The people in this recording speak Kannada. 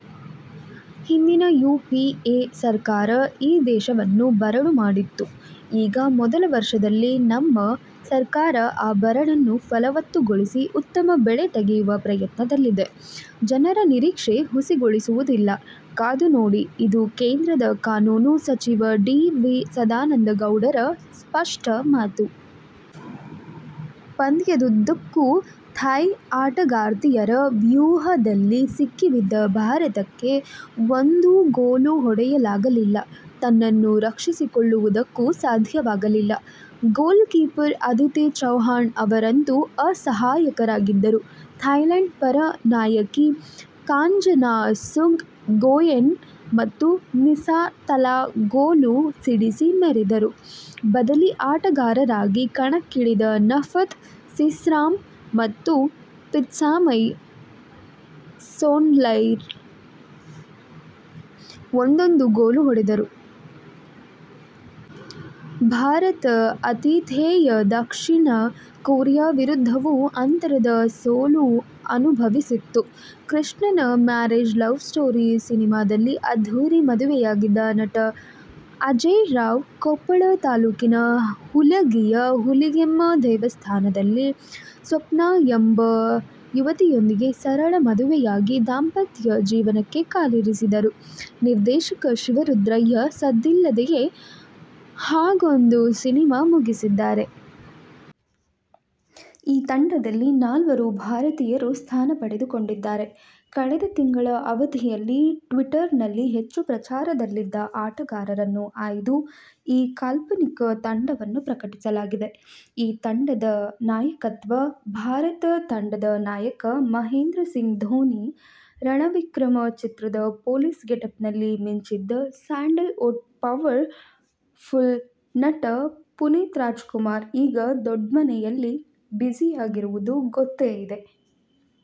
ಹಿಂದಿನ ಯುಪಿಎ ಸರ್ಕಾರ ಈ ದೇಶವನ್ನು ಬರಡು ಮಾಡಿತ್ತು. ಈಗ ಮೊದಲ ವರ್ಷದಲ್ಲಿ ನಮ್ಮ ಸರ್ಕಾರ ಆ ಬರಡನ್ನು ಫಲವತ್ತುಗೊಳಿಸಿ ಉತ್ತಮ ಬೆಳೆ ತೆಗೆಯುವ ಪ್ರಯತ್ನದಲ್ಲಿದೆ. ಜನರ ನಿರೀಕ್ಷೆ ಹುಸಿಗೊಳಿಸುವುದಿಲ್ಲ. ಕಾದು ನೋಡಿ. ' ಇದು ಕೇಂದ್ರದ ಕಾನೂನು ಸಚಿವ ಡಿ. ವಿ. ಸದಾನಂದಗೌಡರ ಸ್ಪಷ್ಟ ಮಾತು. ಪಂದ್ಯದುದ್ದಕ್ಕೂ ಥಾಯ್ ಆಟಗಾರ್ತಿಯರ ವ್ಯೂಹದಲ್ಲಿ ಸಿಕ್ಕಿಬಿದ್ದ ಭಾರತಕ್ಕೆ ಒಂದೂ ಗೋಲು ಹೊಡೆಯಲಾಗಲಿಲ್ಲ; ತನ್ನನ್ನು ರಕ್ಷಿಸಿಕೊಳ್ಳುವುದಕ್ಕೂ ಸಾಧ್ಯವಾಗಲಿಲ್ಲ. ಗೋಲ್ಕೀಪರ್ ಅದಿತಿ ಚೌಹಾಣ್ ಅವರಂತೂ ಅಸಹಾಯಕರಾಗಿದ್ದರು. ಥಾಯ್ಲೆಂಡ್ ಪರ ನಾಯಕಿ ಕಾಂಜನಾ ಸುಂಗ್ ಗೊಯೆನ್ ಮತ್ತು ನಿಸಾ ತಲಾ ಗೋಲು ಸಿಡಿಸಿ ಮೆರೆದರು. ಬದಲಿ ಆಟಗಾರರಾಗಿ ಕಣಕ್ಕಿಳಿದ ನಫತ್ ಸೀಸ್ರಾಮ್ ಮತ್ತು ಪಿತ್ಸಾಮೈ ಸೊರ್ನ್ಸೈ ಒಂದೊಂದು ಗೋಲು ಹೊಡೆದರು. ಭಾರತ ಆತಿಥೇಯ ದಕ್ಷಿಣ ಕೊರಿಯಾ ವಿರುದ್ಧವೂ ಅಂತರದ ಸೋಲನುಭವಿಸಿತ್ತು. ಕೃಷ್ಣನ ಮ್ಯಾರೇಜ್ ಸ್ಟೋರಿ ಸಿನಿಮಾದಲ್ಲಿ ಅದ್ಧೂರಿ ಮದುವೆಯಾಗಿದ್ದ ನಟ ಅಜೇಯ್ರಾವ್ ಕೊಪ್ಪಳ ತಾಲೂಕಿನ ಹುಲಗಿಯ ಹುಲಿಗೆಮ್ಮ ದೇವಸ್ಥಾನದಲ್ಲಿ ಸಪ್ನಾ ಎಂಬ ಯುವತಿಯೊಂದಿಗೆ ಸರಳ ಮದುವೆಯಾಗಿ ದಾಂಪತ್ಯ ಜೀವನಕ್ಕೆ ಕಾಲಿರಿಸಿದರು. ನಿರ್ದೇಶಕ ಶಿವರುದ್ರಯ್ಯ ಸದ್ದಿಲ್ಲದೆಯೇ ಹಾಗೊಂದು ಸಿನಿಮಾ ಮುಗಿಸಿದ್ದಾರೆ. ಈ ತಂಡದಲ್ಲಿ ನಾಲ್ವರು ಭಾರತೀಯರು ಸ್ಥಾನ ಪಡೆದುಕೊಂಡಿದ್ದಾರೆ. ಕಳೆದ ತಿಂಗಳ ಅವಧಿಯಲ್ಲಿ ಟ್ವೀಟರ್ನಲ್ಲಿ ಹೆಚ್ಚು ಪ್ರಚಾರದಲ್ಲಿದ್ದ ಆಟಗಾರರನ್ನು ಆಯ್ದು ಈ ಕಾಲ್ಪನಿಕ ತಂಡವನ್ನು ಪ್ರಕಟಿಸಲಾಗಿದೆ. ಈ ತಂಡದ ನಾಯಕತ್ವ, ಭಾರತ ತಂಡದ ನಾಯಕ ಮಹೇಂದ್ರ ಸಿಂಗ್ ಧೋನಿ. ರಣವಿಕ್ರಮ ಚಿತ್ರದ ಪೊಲೀಸ್ ಗೆಟಪ್'ನಲ್ಲಿ ಮಿಂಚಿದ್ದ ಸ್ಯಾಂಡಲ್ ವುಡ್ ಪವರ್'ಫುಲ್ ನಟ ಪುನೀತ್ ರಾಜ್ ಕುಮಾರ್ ಈಗ ದೊಡ್ಮನೆಯಲ್ಲಿ ಬ್ಯುಸಿಯಾಗಿರುವುದು ಗೊತ್ತೆ ಇದೆ.